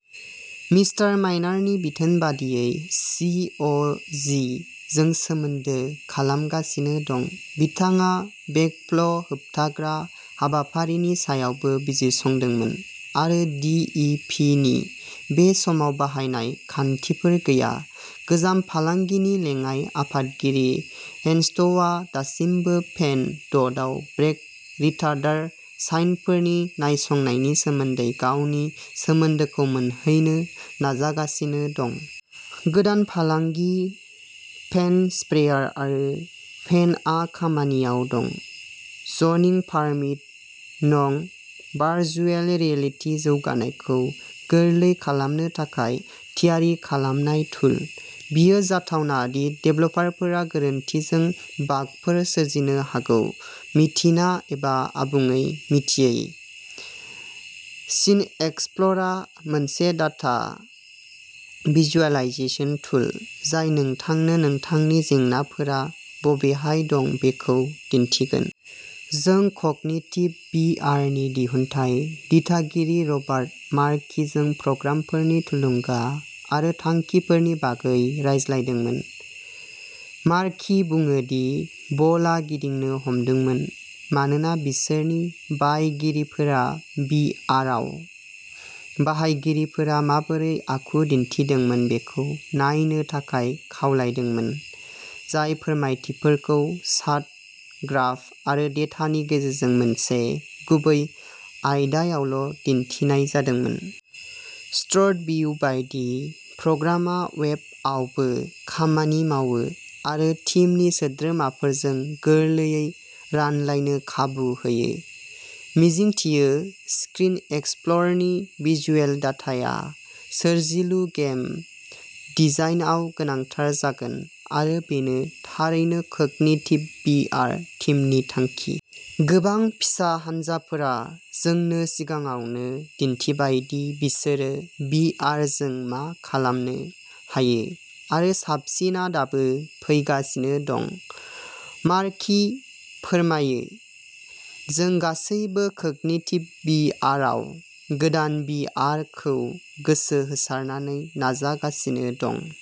Mister माइनारनि बिथोन बायदियै सि. अ. जि. जों सोमोन्दो खालामगासिनो दं। बिथाङा बेकफ्ल' होबथाग्रा हाबाफारिनि सायावबो बिजिरसंदोंमोन आरो डि. इ. पि. नि बे समाव बाहायनाय खान्थिफोर गैया। गोजाम फालांगिनि लेङाइ आफादगिरि हेनस्टआ दासिमबो पेन डटआव ब्रेक रिटार्डार साइनफोरनि नायसंनायनि सोमोन्दै गावनि सोमोन्दोखौ मोनहैनो नाजागासिनो दं। गोदान फालांगि पेन्ट स्प्रेयार आरो पेन्टआ खामानियाव दं। ज'निं पारमिट नं भार्चुएल रियेलिटि जौगानायखौ गोरलै खालामनो थाखाय थियारि खालामनाय टुल। बेयो जाथावना दि देभेलपारफोरा गोरोन्थिजों बागफोर सोरजिनो हागौ मिथिना एबा आबुङै मिथियै। सिनएक्सप्लरा मोनसे डाटा भिजुएलाइजेसन टुल जाय नोंथांनो नोंथांनि जेंनाफोरा बबेहाय दं बेखौ दिन्थिगोन। जों कगनिटिभ भि आर नि दिहुनथाइ दिथागिरि रबार्ट मार्किजों प्रग्रामफोरनि थुलुंगा आरो थांखिफोरनि बागै रायज्लायदोंमोन। मार्कि बुङो दि बलआ गिदिंनो हमदोंमोन मानोना बिसोरनि बायगिरिफोरा भि आरआव बाहायगिरिफोरा माबोरै आखु दिन्थिदोंमोन बेखौ नायनो थाखाय खावलायदोंमोन, जाय फोरमायथिफोरखौ चार्ट, ग्राफ आरो डेटानि गेजेरजों मोनसे गुबै आयदायावल' दिन्थिनाय जादोंमोन। स्ट्रिट भिउ बायदि, प्रग्रामआ अवेब आवबो खामानि मावो आरो टिमनि सोद्रोमाफोरजों गोरलैयै रानलायनो खाबु होयो। मिजिंथियो, स्क्रिन एक्सप्लरनि भिजुएल डाटाया सोरजिलु गेम डिजाइनआव गोनांथार जागोन आरो बेनो थारैनो कगनिटिभ भि आर टिमनि थांखि। गोबां फिसा हानजाफोरा जोंनो सिगाङावनो दिन्थिबाय दि बिसोरो भि आर जों मा खालामनो हायो आरो साबसिनआ दाबो फैगासिनो दं मार्कि फोरमायो। जों गासैबो कगनिटिभ भि आरआव गोदान भि आरखौ गोसो होसारनानै नाजागासिनो दं।